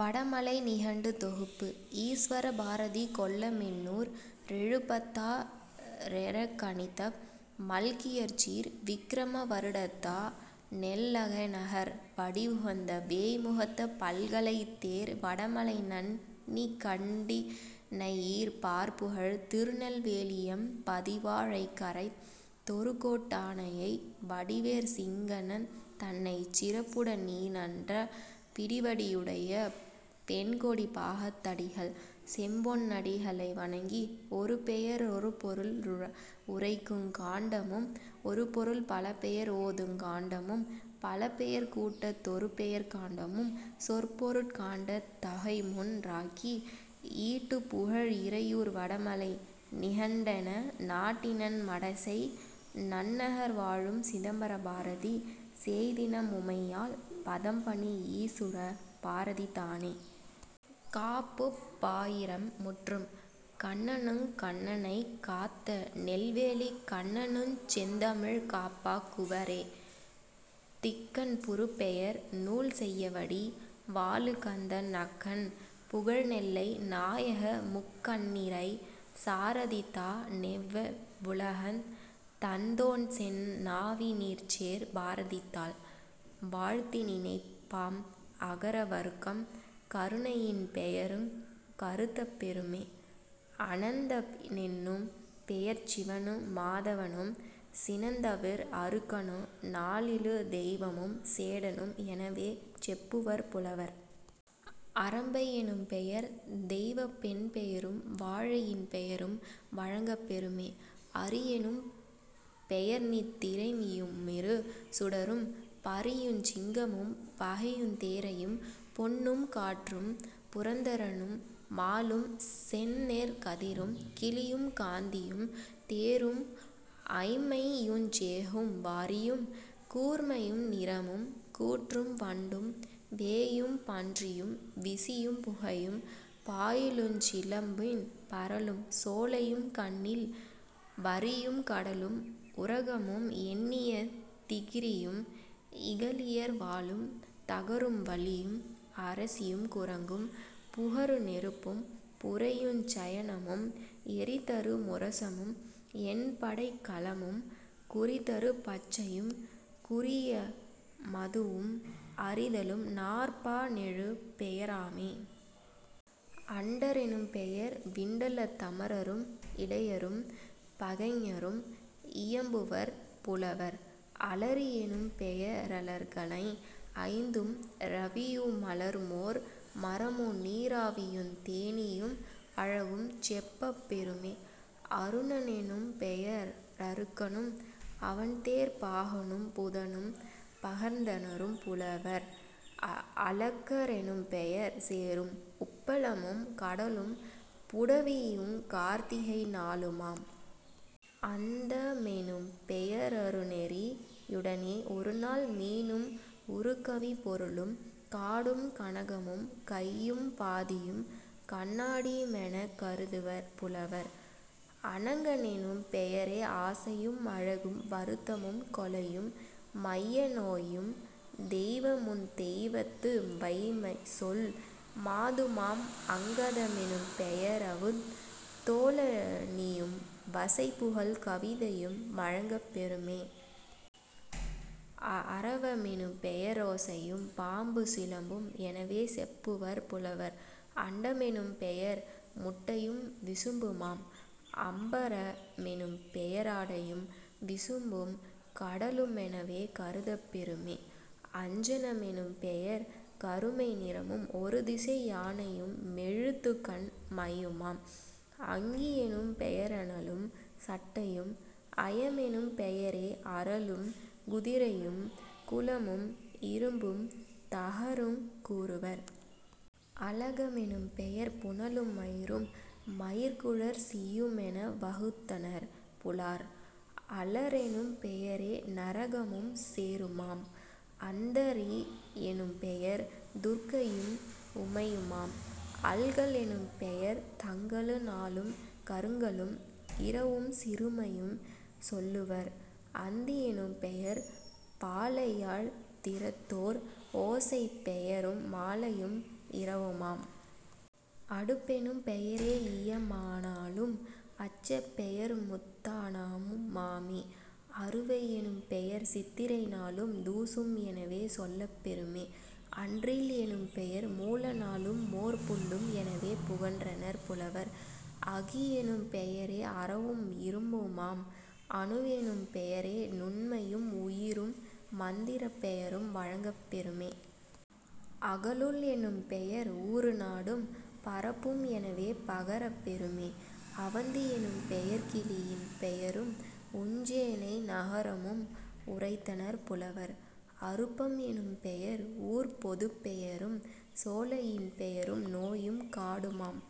வட மலை நிகண்டு தொகுப்பு: ஈஸ்வர பாரதி கொல்லமெண்ணூற் றெழுபத்தா றெனக்கணிதப் மல்கியசீர் விக்கிரம வருடத்தா னெல்லைநகர் வடிவுகந்த வேய்முத்தைப் பல்கலைதேர் வடமலைநன் னிகண்டினையீ பார்புகழ் திருநெல் வேலியம் பதிவா ழைங்கரத் தொருகோட் டானையை வடிவேற் சிங்கந் தன்னைச் சிறப்புட னீன்ற பிடிவடி வுடைய பெண்கொடி பாகத் தடிகள் செம்பொன் னடிகளை வணங்கி ஒருபெய ரொருபொருள் உரைக்குங் காண்டமும் ஒருபொருள் பலபெயர் ஓதுங் காண்டமும் பலபெயர்க் கூட்டத் தொருபெயர்க் காண்டமும் சொற்பொருட் காண்டத் தொகைமூன் றாக்கி ஈட்டுபுகழ் இரையூர் வடமலை நிகண்டென நாட்டினன் மடசை நன்னகர் வாழும் சிதம்பர பாரதி சேய்தின முமையாள் பதம்பணி யீசுர பாரதி தானே. காப்புப் பாயிரம் முற்றும். கண்ணனுங் கண்ணனைக் காத்த நெல்வேலிக் கண்ணனுஞ் செந்தமிழ்க் காப்பா குவரே. திக்கன் புறுபெயர் நூல்செய்யவடி வாளுகந்த நக்கன் புகழ்நெல்லை நாயக-முக்கண்ணிறை சாரதிதா னெவவ்வுலகந் தந்தோன்செந் நாவினிற்சேர் பாரதிதாள் வாழ்த்திநினைப் பாம். அகர வருக்கம் கருணையின் பெயருங் கருதப்பெறுமே..... அனந்த னென்னும் பெயர்சிவனு மாதவனும் சினந்தவிர் அருகனு நாலிரு தெய்வமும் சேடனும் எனவே செப்புவர் புலவர்..... அரம்பை யெனும்பெயர் தெய்வப்பெண் பெயரும் வாழையின் பெயரும் வழங்கப் பெறுமே..... அரியெனும் பெயர்நித் திரையுமிரு சுடரும் பரியுஞ் சிங்கமும் பகையுந் தேரையும் பொன்னும் காற்றும் புரந்தரனு மாலும் செந்நெற் கதிரும் கிளியும் காந்தியும் தேரும் ஐம்மையுஞ் சேகும் வரியும் கூர்மையு நிறமும் கூற்றும் வண்டும் வேயும் பன்றியும் விசியும் புகையும் பாயலுஞ் சிலம்பின் பரலும் சோலையும் கண்ணில் வரியும் கடலும் உரகமும் எண்ணிய திகிரியும் இகலியர் வாளும் தகரும் வலியும் அரிசியும் குரங்கும் புகரு நெருப்பும் புரையுஞ் சயனமும் எறிதரு முரசமும் எண்படைக் கலமும் குறிதரு பச்சையும் கூறிய மதுவும் அரிதலும் நாற்பா னெழு பெயராமே..... அண்ட ரெனும்பெயர் விண்டலத் தமரரும் இடையரும் பகைஞரும் இயம்புவர் புலவர்..... அலரி யெனும்பெய ரலர்க்கணை ஐந்தும் இரவியு மலருமோர் மரமு நீராவியுந் தேனீயும் அழகும் செப்பப் பெறுமே..... அருண னெனும்பெய ரருக்கனும் அவன்தேர்ப் பாகனும் புதனும் பகர்ந்தனர் புலவர்..... அளக்க ரெனும்பெயர் சேறும் உப்பளமும் கடலும் புடவியுங் கார்த்திகை நாளுமாம்..... அந்த மெனும்பெய ரருநெறி யுடனே ஒருநாள் மீனும் உறுகவிப் பொருளும் காடும் கனகமும் கையும் பாதியும் கண்ணா டியுமெனக் கருதுவர் புலவர்..... அணங்கனெனும் பெயரே ஆசையும் அழகும் வருத்தமும் கொலையும் மையனோயும் தெய்வமுந் தெய்வத்து வமைசொல் மாதுமாம்..... அங்கத மெனுபெய ரரவுந் தோளணியும் வசைபுகல் கவிதையும் வழங்கப் பெறுமே..... அரவ மெனுபெய ரோசையும் பாம்பு சிலம்பும் எனவே செப்புவர் புலவர்..... அண்ட மெனும்பெயர் முட்டையும் விசும்புமாம்..... அம்பர மெனும்பெய ராடையும் விசும்பும் கடலு மெனவே கருதப்பெறுமே..... அஞ்சன மெனும்பெயர் கருமை நிறமும் ஒருதிசை யானையு மெழுதுகண் மையுமாம்..... அங்கி யெனும்பெய ரனலும் சட்டையும்..... அயமெனும் பெயரே அறலும் குதிரையும் குளமும் இரும்பும் தகருங் கூறுவர்..... அளக மெனுபெயர் புனலு மயிரும் மயிர்க்குழற் சியுமென வகுத்தனர் புலார்..... அளறெனும் பெயரே நரகமும் சேறுமாம்..... அந்தரி யெனும்பெயர் துர்க்கையும் உமையுமாம்..... அல்கல் எனும் பெயர் தங்கலு நாளும் கருங்கலும் இரவும் சிறுமையும் சொல்லுவர்..... அந்தி யெனும்பெயர் பாலையாழ்த் திறத்தோர் ஓசைப் பெயரு மாலையும் இரவுமாம்..... அடுப்பெனும் பெயரே யியம னாளும் அச்சப் பெயருமுத் தானமு மாமே..... அறுவை யெனும்பெயர் சித்திரை நாளும் தூசும் எனவே சொல்லப் பெறுமே..... அன்றில் எனும்பெயர் மூல நாளுமோர் புள்ளும் எனவே புகன்றனர் புலவர்..... அகியெனும் பெயரே அரவும் இரும்புமாம்..... அணுவெனும் பெயரே நுண்மையும் உயிரும் மந்திரப் பெயரும் வழங்கப் பெறுமே..... அகலுள் எனும் பெயர் ஊரு நாடும் பரப்பும் எனவே பகரப் பெறுமே..... அவந்தி யெனும் பெயர் கிளியின் பெயரும் உஞ்சேனை நகரமும் உரைத்தனர் புலவர்..... அருப்பம் எனும்பெயர் ஊர்ப்பொதுப் பெயரும் சோலையின் பெயரும் நோயும் காடுமாம்.